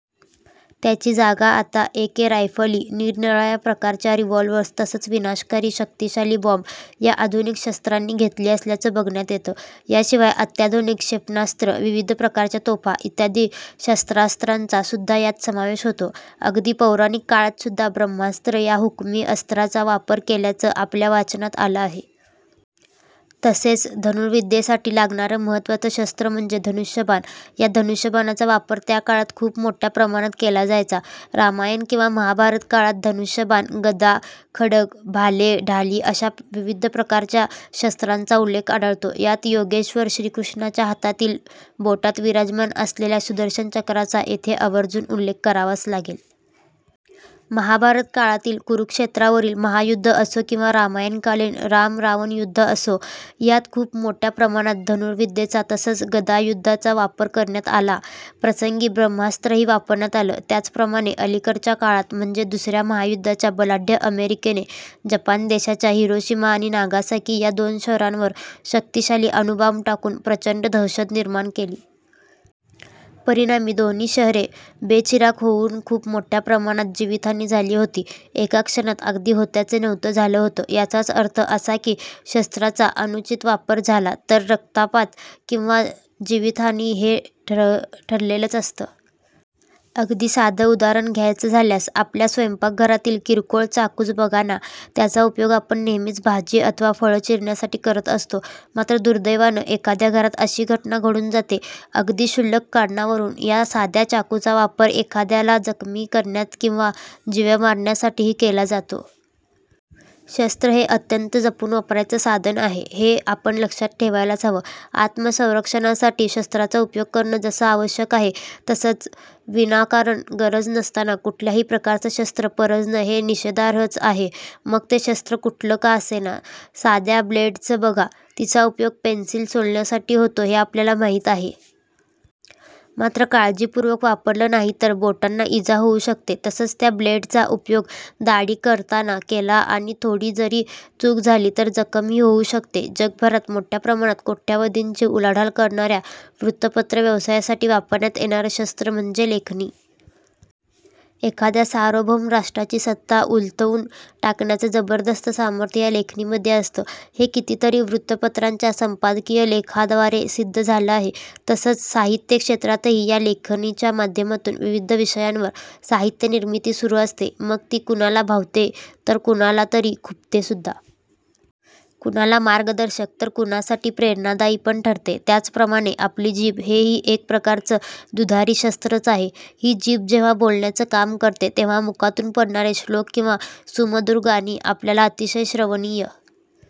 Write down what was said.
त्याची जागा आता ए. के. रायफली, निरनिराळ्या प्रकारच्या रिव्हॉल्वर्स तसंच विनाशकारी शक्तिशाली बॉम्ब या आधुनिक शस्त्रांनी घेतली असल्याचं बघण्यात येतं. याशिवाय अत्याधुनिक क्षेपणास्त्रं, विविध प्रकारच्या तोफा इत्यादी शस्त्रास्त्रांचा सुद्धा यात समावेश होतो. अगदी पौराणिक काळात सुद्धा ब्रह्मास्त्र या हुकमी अस्त्राचा वापर केल्याचं आपल्या वाचनात आलं आहे. तसंच धनुर्विद्येसाठी लागणारं महत्त्वाचं शस्त्र म्हणजे धनुष्यबाण. या धनुष्यबाणाचा वापर त्याकाळात खूप मोठ्या प्रमाणात केला जायचा. रामायण किंवा महाभारत काळात धनुष्यबाण, गदा, खड्ग, भाले, ढाली अशा विविध प्रकारच्या शस्त्रांचा उल्लेख आढळतो. यात योगेश्वर श्रीकृष्णाच्या हातातील बोटात विराजमान असलेल्या सुदर्शन चक्राचा येथे आवर्जून उल्लेख करावाच लागेल. महाभारत काळातील कुरुक्षेत्रावरील महायुद्ध असो किंवा रामायणकालीन राम, रावण युद्ध असो, यात खूप मोठ्या प्रमाणात धनुर्विद्येचा तसंच गदायुद्धाचा वापर करण्यात आला. प्रसंगी ब्रह्मास्त्रही वापरण्यात आलं. त्याचप्रमाणे अलीकडच्या काळात म्हणजे दुसऱ्या महायुद्धात बलाढ्य अमेरिकेने जपान देशाच्या हिरोशिमा आणि नागासाकी या दोन शहरांवर शक्तिशाली अणुबाँब टाकून प्रचंड दहशत निर्माण केली. परिणामी दोन्ही शहरे बेचिराख होऊन खूप मोठ्या प्रमाणात जीवितहानी झाली होती. एका क्षणात अगदी होत्याचं नव्हतं झालं होतं. याचाच अर्थ असा की शस्त्राचा अनुचित वापर झाला तर रक्तपात किंवा जीवितहानी हे ठरलेलंच असतं. अगदी साधं उदाहरण घ्यायचं झाल्यास आपल्या स्वयंपाकघरातील किरकोळ चाकूच बघा ना, त्याचा उपयोग आपण नेहमीच भाजी अथवा फळं चिरण्यासाठी करत असतो. मात्र दुर्दैवानं एखाद्या घरात अशी घटना घडून जाते, अगदी क्षुल्लक कारणावरून या साध्या चाकूचा वापर एखाद्याला जखमी करण्यात किंवा जीवे मारण्यासाठीही केला जातो. शस्त्र हे अत्यंत जपून वापरायचं साधन आहे, हे आपण लक्षात ठेवायलाच हवं. आत्मसंरक्षणासाठी शस्त्राचा उपयोग करणं जसं आवश्यक आहे, तसंच विनाकारण, गरज नसताना कुठल्याही प्रकारचं शस्त्र परजणं हे निषेधार्हच आहे. मग ते शस्त्र कुठलं का असेना, साध्या ब्लेडचंच बघा, तिचा उपयोग पेन्सिल सोलण्यासाठी होतो हे आपल्याला माहिती आहे. मात्र काळजीपूर्वक वापरलं नाही तर बोटांना इजा होऊ शकते. तसंच त्या ब्लेडचा उपयोग दाढी करताना केला आणि थोडी जरी चूक झाली तर जखमही होऊ शकते. जगभरात मोठ्या प्रमाणात कोट्यवधींची उलाढाल करणाऱ्या वृत्तपत्र व्यवसायासाठी वापरण्यात येणारं शस्त्र म्हणजे लेखणी. एखाद्या सार्वभौम राष्ट्राची सत्ता उलथवून टाकण्याचं जबरदस्त सामर्थ्य या लेखणीमध्ये असतं, हे कितीतरी वृत्तपत्रांच्या संपादकीय लेखाद्वारे सिद्ध झालं आहे. तसंच साहित्य क्षेत्रातही या लेखणीच्या माध्यमातून विविध विषयांवर साहित्य निर्मिती सुरू असते. मग ती कुणाला भावते तर कुणालातरी खुपते सुद्धा. कुणाला मार्गदर्शक तर कुणासाठी प्रेरणादायी पण ठरते. त्याचप्रमाणे आपली जीभ हेही एक प्रकारचं दुधारी शस्त्रच आहे. ही जीभ जेव्हा बोलण्याचं काम करते तेव्हा मुखातून पडणारे श्लोक किंवा सुमधुर गाणी आपल्याला अतिशय श्रवणीय